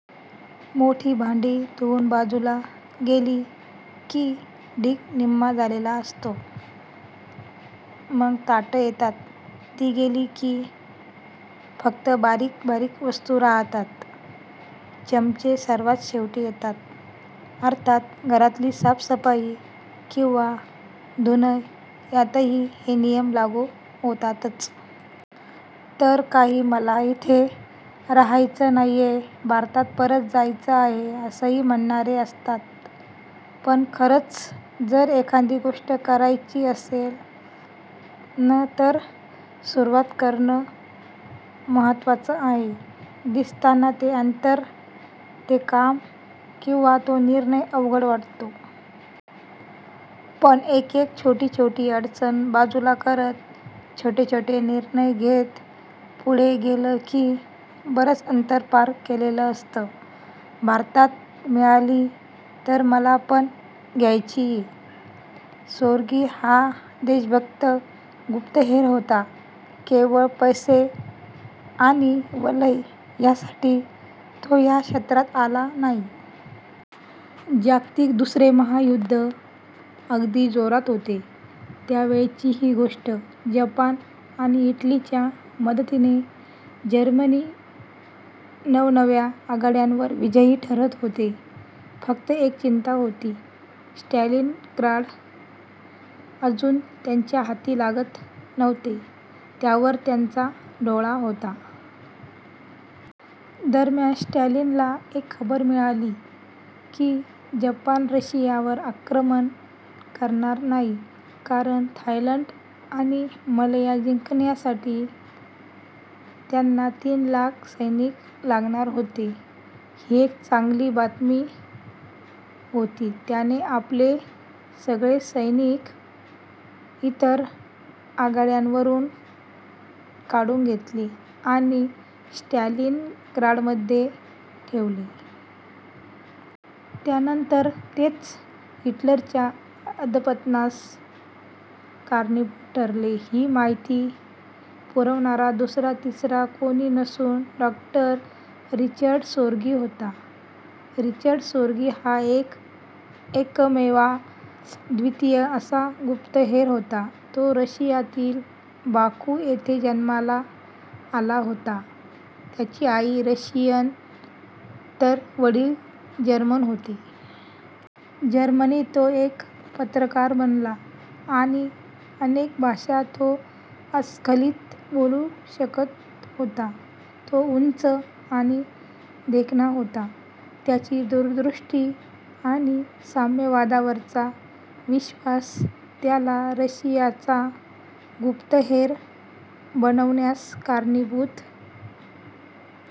मोठी भांडी धुवून बाजूला गेली की ढीग निम्मा झालेला असतो. मग ताटं येतात. ती गेली की फक्त बारीक बारीक वस्तू राहतात. चमचे सर्वात शेवटी येतात. अर्थात घरातली साफसफाई किंवा धुणं यांतही हे नियम लागू होतातच. तर काही मला इथे राहायचं नाहीये, भारतात परत जायचं आहे असंही म्हणणारे असतात पण खरंच जर एखादी गोष्ट करायची असेल न तर सुरुवात करणं महत्त्वाचं आहे. दिसताना ते अंतर, ते काम किंवा तो निर्णय अवघड वाटतो. पण एकेक छोटी छोटी अडचण बाजूला करत, छोटे छोटे निर्णय घेत पुढे गेलं की बरंच अंतर पार केलेलं असतं. भारतात मिळाली तर मला पण घ्यायचीय. सोर्गि हा देशभक्त गुप्तहेर होता. केवळ पैसे आणि वलय यासाठी तो या क्षेत्रात आला नाही. जागतिक दुसरे महायुद्ध अगदी जोरात होते त्यावेळची ही गोष्ट. जपान आणि इटलीच्या मदतीने जर्मनी नवनव्या आघाड्यांवर विजयी ठरत होते. फक्त एक चिंता होती, स्टॅलिनग्राड अजून त्यांच्या हाती लागत नव्हते. त्यावर त्यांचा डोळा होता. दरम्यान स्टॅलिनला एक खबर मिळाली की जपान रशियावर आक्रमण करणार नाही कारण थायलंड आणि मलया जिंकण्यासाठी त्यांना तीन लाख सैनिक लागणार होते. ही एक चांगली बातमी होती. त्याने आपले सगळे सैनिक इतर आघाड्यांवरून काढून घेतले आणि स्टॅलिनग्राडमध्ये ठेवले. त्यानंतर तेच हिटलरच्या अधःपतनास कारणीभूत ठरले. ही माहिती पुरवणारा दुसरा तिसरा कोणी नसून डॉ. रिचर्ड सोर्गि होता. रिचर्ड सोर्गि हा एक एकमेवाद्वितीय असा गुप्तहेर होता. तो रशियातील बाकू येथे जन्माला आला होता. त्याची आई रशियन तर वडील जर्मन होते. जर्मनीत तो एक पत्रकार बनला आणि अनेक भाषा तो अस्खलित बोलू शकत होता. तो उंच आणि देखणा होता. त्याची दूरदृष्टी आणि साम्यवादावरचा विश्वास त्याला रशियाचा गुप्तहेर बनवण्यास कारणीभूत